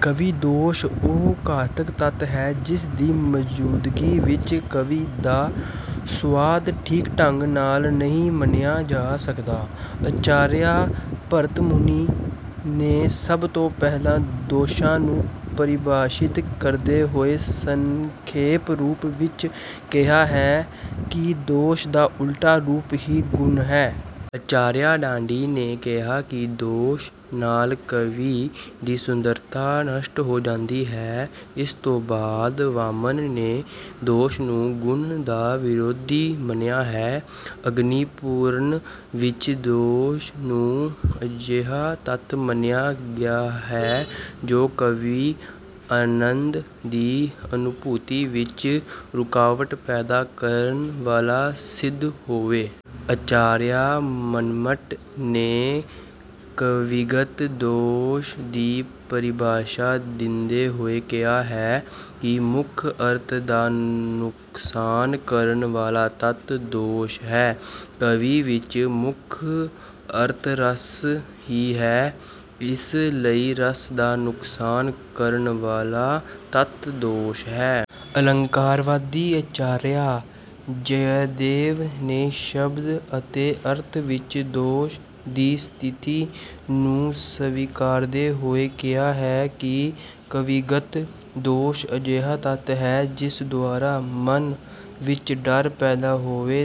ਕਾਵਿ ਦੋਸ਼ ਉਹ ਘਾਤਕ ਤੱਤ ਹੈ ਜਿਸਦੀ ਮੌਜੂਦਗੀ ਵਿੱਚ ਕਾਵਿ ਦਾ ਸੁਆਦ ਠੀਕ ਢੰਗ ਨਾਲ ਨਹੀਂ ਮਾਣਿਆ ਜਾ ਸਕਦਾ। ਆਚਾਰੀਆ ਭਰਤ ਮੁਨੀ ਨੇ ਸਭ ਤੋਂ ਪਹਿਲਾਂ ਦੋਸ਼ਾਂ ਨੂੰ ਪਰਿਭਾਸ਼ਿਤ ਕਰਦੇ ਹੋਏ ਸੰਖੇਪ ਰੂਪ ਵਿੱਚ ਕਿਹਾ ਹੈ ਕਿ ਦੋਸ਼ ਦਾ ਉਲਟ ਰੂਪ ਹੀ ਗੁਣ ਹੈ। ਆਚਾਰੀਆ ਦੰਡੀ ਨੇ ਕਿਹਾ ਕਿ ਦੋਸ਼ ਨਾਲ ਕਾਵਿ ਦੀ ਸੁੰਦਰਤਾ ਨਸ਼ਟ ਹੋ ਜਾਂਦੀ ਹੈ। ਇਸ ਤੋਂ ਬਾਅਦ ਵਾਮਨ ਨੇ ਦੋਸ਼ ਨੂੰ ਗੁਣ ਦਾ ਵਿਰੋਧੀ ਮੰਨਿਆ ਹੈ। ਅਗਨੀਪੁਰਾਣ ਵਿੱਚ ਦੋਸ਼ ਨੂੰ ਅਜਿਹਾ ਤੱਤ ਮੰਨਿਆ ਗਿਆ ਹੈ ਜੋ ਕਾਵਿ-ਆਨੰਦ ਦੀ ਅਨੁਭੂਤੀ ਵਿੱਚ ਰੁਕਾਵਟ ਪੈਦਾ ਕਰਨ ਵਾਲਾ ਸਿੱਧ ਹੋਵੇ। ਆਚਾਰੀਆ ਮੰਮਟ ਨੇ ਕਾਵਿਗਤ ਦੋਸ਼ ਦੀ ਪਰਿਭਾਸ਼ਾ ਦਿੰਦੇ ਹੋਏ ਕਿਹਾ ਹੈ ਕਿ ਮੁੱਖ ਅਰਥ ਦਾ ਨੁਕਸਾਨ ਕਰਨ ਵਾਲਾ ਤੱਤ 'ਦੋਸ਼' ਹੈ। ਕਾਵਿ ਵਿੱਚ ਮੁੱਖ-ਅਰਥ ਰਸ ਹੀ ਹੈ, ਇਸ ਲਈ ਰਸ ਦਾ ਨੁਕਸਾਨ ਕਰਨ ਵਾਲਾ ਤੱਤ ਦੋਸ਼ ਹੈ। ਅਲੰਕਾਰਵਾਦੀ ਆਚਾਰੀਆ ਜਯਦੇਵ ਨੇ ਸ਼ਬਦ ਅਤੇ ਅਰਥ ਵਿੱਚ ਦੋਸ਼ ਦੀ ਸਥਿਤੀ ਨੂੰ ਸਵੀਕਾਰਦੇ ਹੋਏ ਕਿਹਾ ਹੈ ਕਿ ਕਾਵਿਗਤ ਦੋਸ਼ ਅਜਿਹਾ ਤੱਤ ਹੈ ਜਿਸ ਦੁਆਰਾ ਮਨ ਵਿੱਚ ਡਰ ਪੈਦਾ ਹੋਵੇ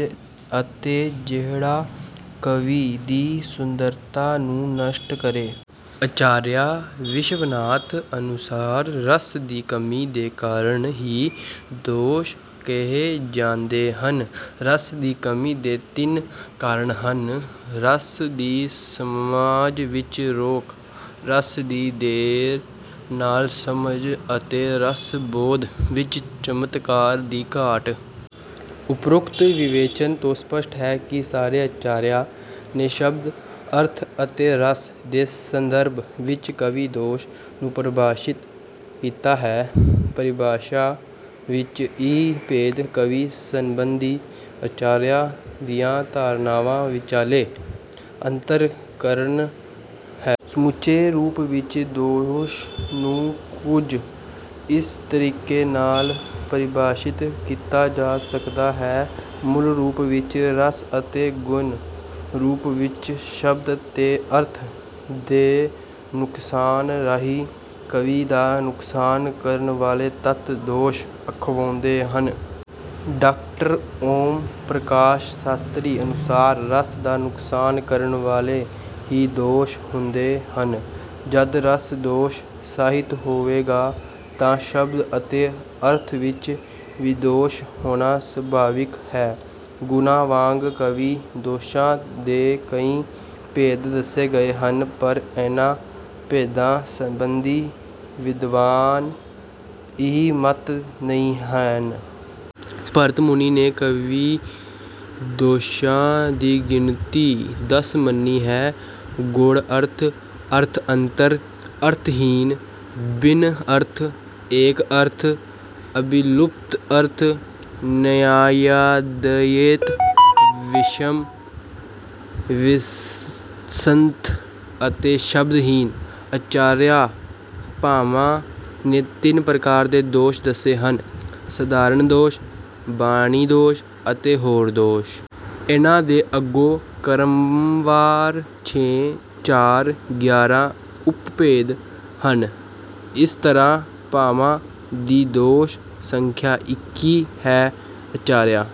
ਅਤੇ ਜਿਹੜਾ ਕਾਵਿ ਦੀ ਸੁੰਦਰਤਾ ਨੂੰ ਨਸ਼ਟ ਕਰੇ। ਆਚਾਰੀਆ ਵਿਸ਼ਵਨਾਥ ਅਨੁਸਾਰ ਰਸ ਦੀ ਕਮੀ ਦੇ ਕਾਰਨ ਹੀ ਦੋਸ਼ ਕਹੇ ਜਾਂਦੇ ਹਨ। ਰਸ ਦੀ ਕਮੀ ਦੇ ਤਿੰਨ ਕਾਰਨ ਹਨ– ਰਸ ਦੀ ਸਮਝ ਵਿੱਚ ਰੋਕ, ਰਸ ਦੀ ਦੇਰ ਨਾਲ ਸਮਝ ਅਤੇ ਰਸ-ਬੋਧ ਵਿੱਚ ਚਮਤਕਾਰ ਦੀ ਘਾਟ। ਉਪਰੋਕਤ ਵਿਵੇਚਨ ਤੋਂ ਸਪਸ਼ਟ ਹੈ ਕਿ ਸਾਰੇ ਆਚਾਰੀਆਂ ਨੇ ਸ਼ਬਦ, ਅਰਥ ਅਤੇ ਰਸ ਦੇ ਸੰਦਰਭ ਵਿੱਚ ਕਾਵਿ-ਦੋਸ਼ ਨੂੰ ਪਰਿਭਾਸ਼ਿਤ ਕੀਤਾ ਹੈ। ਪਰਿਭਾਸ਼ਾ ਵਿੱਚ ਇਹ ਭੇਦ ਕਾਵਿ ਸੰਬੰਧੀ ਆਚਾਰੀਆਂ ਦੀਆਂ ਧਾਰਨਾਵਾਂ ਵਿੱਚਲੇ ਅੰਤਰ ਕਾਰਨ ਹੈ। ਸਮੁੱਚੇ ਰੂਪ ਵਿੱਚ ਦੋਸ਼ ਨੂੰ ਕੁੱਝ ਇਸ ਤਰੀਕੇ ਨਾਲ ਪਰਿਭਾਸ਼ਿਤ ਕੀਤਾ ਜਾ ਸਕਦਾ ਹੈ- ਮੂਲ ਰੂਪ ਵਿੱਚ ਰਸ ਅਤੇ ਗੌਣ ਰੂਪ ਵਿੱਚ ਸ਼ਬਦ ਤੇ ਅਰਥ ਦੇ ਨੁਕਸਾਨ ਰਾਹੀਂ ਕਾਵਿ ਦਾ ਨੁਕਸਾਨ ਕਰਨ ਵਾਲੇ ਤੱਤ ਦੋਸ਼ ਅਖਵਾਉਂਦੇ ਹਨ। ਡਾਕਟਰ ਓਮ ਪ੍ਰਕਾਸ਼ ਸ਼ਾਸਤ੍ਰੀ ਅਨੁਸਾਰ, "ਰਸ ਦਾ ਨੁਕਸਾਨ ਕਰਨ ਵਾਲੇ ਹੀ ਦੋਸ਼ ਹੁੰਦੇ ਹਨ, ਜਦ ਰਸ ਦੋਸ਼ ਸਹਿਤ ਹੋਵੇਗਾ ਤਾਂ ਸ਼ਬਦ ਅਤੇ ਅਰਥ ਵਿੱਚ ਵੀ ਦੋਸ਼ ਹੋਣਾ ਸੁਭਾਵਿਕ ਹੈ"। ਗੁਣਾਂ ਵਾਂਗ ਕਾਵਿ-ਦੋਸ਼ਾਂ ਦੇ ਕਈ ਭੇਦ ਦੱਸੇ ਗਏ ਹਨ, ਪਰ ਇਨ੍ਹਾਂ ਭੇਦਾਂ ਸਬੰਧੀ ਵਿਦਵਾਨ ਇੱਕ ਮਤ ਨਹੀਂ ਹਨ। ਭਰਤ ਮੁਨੀ ਨੇ ਕਾਵਿ ਦੋਸ਼ਾਂ ਦੀ ਗਿਣਤੀ ਦਸ ਮੰਨੀ ਹੈ- ਗੂੜ੍ਹ ਅਰਥ, ਅਰਥ ਅੰਤਰ, ਅਰਥ-ਹੀਨ, ਭਿੰਨ-ਅਰਥ, ਇੱਕ-ਅਰਥ, ਅਭਿਲੁਪਤ-ਅਰਥ, ਨਯਾਯਾਦਯੇਤ, ਵਿਸ਼ਮ, ਵਿਸੰਧਿ ਅਤੇ ਸ਼ਬਦ-ਹੀਨ। ਆਚਾਰੀਆ ਭਾਮਹ ਨੇ ਤਿੰਨ ਪ੍ਰਕਾਰ ਦੇ ਦੋਸ਼ ਦੱਸੇ ਹਨ- ਸਾਧਾਰਨ ਦੋਸ਼, ਬਾਣੀ ਦੋਸ਼ ਅਤੇ ਹੋਰ ਦੋਸ਼। ਇਨ੍ਹਾਂ ਦੇ ਅੱਗੋਂ ਕ੍ਰਮਵਾਰ ਛੇ, ਚਾਰ, ਗਿਆਰਾਂ ਉਪਭੇਦ ਹਨ। ਇਸ ਤਰ੍ਹਾਂ ਭਾਮਹ ਦੀ ਦੋਸ਼ ਸੰਖਿਆ ਇੱਕੀ ਹੈ। ਆਚਾਰੀਆ